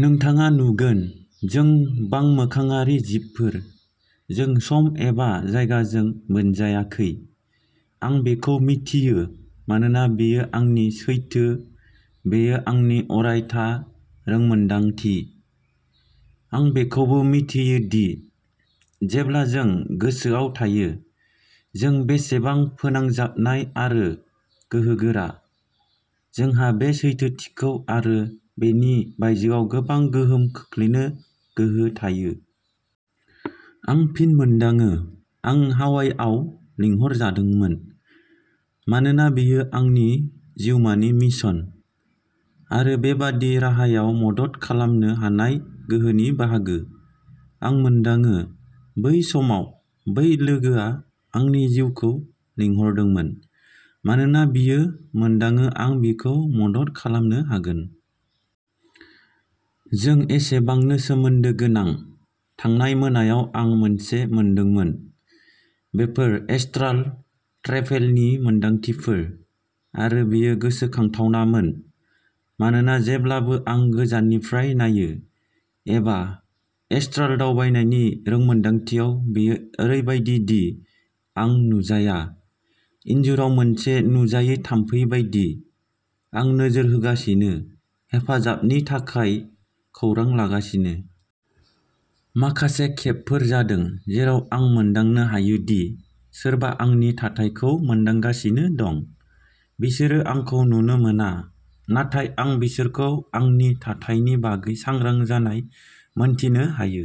नोंथाङा नुगोन जों बांमोखाङारि जिबफोर, जों सम एबा जायगाजों बोनजायाखै। आं बेखौ मिथियो मानोना बेयो आंनि सैथो, बेयो आंनि अरायथा रोंमोनदांथि। आं बेखौबो मिथियो दि जेब्ला जों गोसोआव थायो जों बेसेबां फोनांजाबनाय आरो गोहोगोरा, जोंहा बे सैथोथिखौ आरो बेनि बायजोआव गोबां गोहोम खोख्लैनो गोहो थायो। आं फिन मोनदाङो आं हावाइआव लेंहरजादोंमोन, मानोना बेयो आंनि जिउमानि मिशन आरो बेबादि राहायाव मदद खालामनो हानाय गोहोनि बाहागो। आं मोनदाङो बै समाव बै लोगोआ आंनि जिउखौ लिंहरदोंमोन मानोना बियो मोनदाङो आं बिखौ मदद खालामनो हागोन। जों एसेबांनो सोमोन्दो गोनां! थांनाय मोनायाव आं मोनसे मोनदोंमोन। बेफोर, एस्ट्राल ट्रेभेलनि मोनदांथिफोर, आरो बेयो गोसोनांथावमोन मानोना जेब्लाबो आं गोजाननिफ्राय नायो; एबा एस्ट्राल दावबायनायनि रोंमोनदांथियाव बेयो ओरैबायदि दि आं नुजाया। इनजुराव मोनसे नुजायै थामफै बायदि, आं नोजोर होगासिनो, हेफाजाबनि थाखाय खौरां लागासिनो। माखासे खेबफोर जादों जेराव आं मोनदांनो हायो दि सोरबा आंनि थाथायखौ मोनदांगासिनो दं। बिसोरो आंखौ नुनो मोना नाथाय आं बिसोरखौ आंनि थाथायनि बागै सांग्रां जानाय मोनदिनो हायो।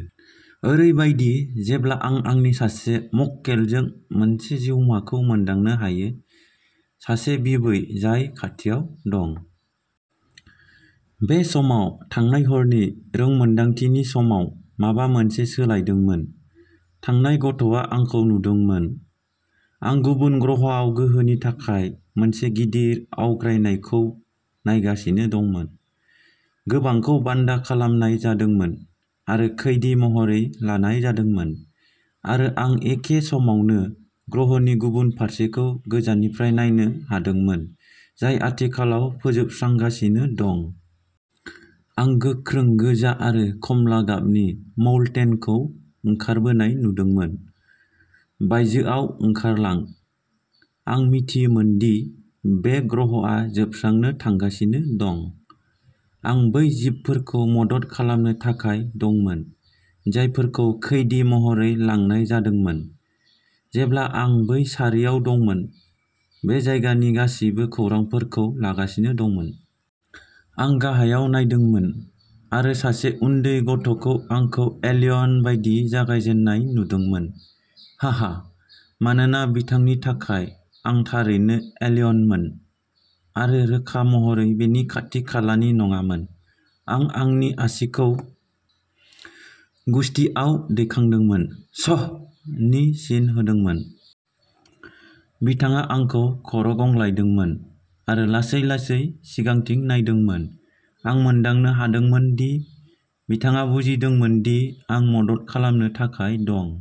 ओरैबायदि जेब्ला आं आंनि सासे मक्केलजों मोनसे जिउमाखौ मोनदांनो हायो, सासे बिबै जाय खाथियाव दं। बे समाव थांनाय हरनि रोंमोनदांथिनि समाव माबा मोनसे सोलायदोंमोन-थांनाय गथ'आ आंखौ नुदोंमोन। आं गुबुन ग्रहआव गोहोनि थाखाय मोनसे गिदिर आवग्रायनायखौ नायगासिनो दंमोन। गोबांखौ बान्दा खालामनाय जादोंमोन आरो खैदि महरै लानाय जादोंमोन, आरो आं एखे समावनो ग्रह'नि गुबुन फारसेखौ गोजाननिफ्राय नायनो हादोंमोन जाय आथिखालाव फोजोबस्रांजागासिनो दं। आं गोख्रों गोजा आरो खमला गाबनि मौल्टेनखौ ओंखारबोनाय नुदोंमोन। बायजोआव ओंखारलां। आं मिथियोमोन दि बे ग्रहआ जोबस्रांनो थांगासिनो दं। आं बै जिबफोरखौ मदद खालामनो थाखाय दंमोन, जायफोरखौ खैदि महरै लांनाय जादोंमोन। जेब्ला आं बै सारियाव दंमोन, बे जायगानि गासिबो खौरांफोरखौ लागासिनो दंमोन। आं गाहायाव नायदोंमोन आरो सासे उन्दै गथ'खौ आंखौ एलियन बायदि जागायजेननाय नुदोंमोन, हाहा। मानोना बिथांनि थाखाय, आं थारैनो एलियनमोन आरो रोखा महरै बेनि खाथि-खालानि नङामोन। आं आंनि आसिखौ गुसथिआव दैखांदोंमोन, "श्ह" नि सिन होदोंमोन। बिथाङा आंखौ खर'गंग्लायदोंमोन आरो लासै-लासै सिगांथिं नायदोंमोन। आं मोनदांनो हादोंमोन दि बिथाङा बुजिदोंमोन दि आं मदद खालामनो थाखाय दं।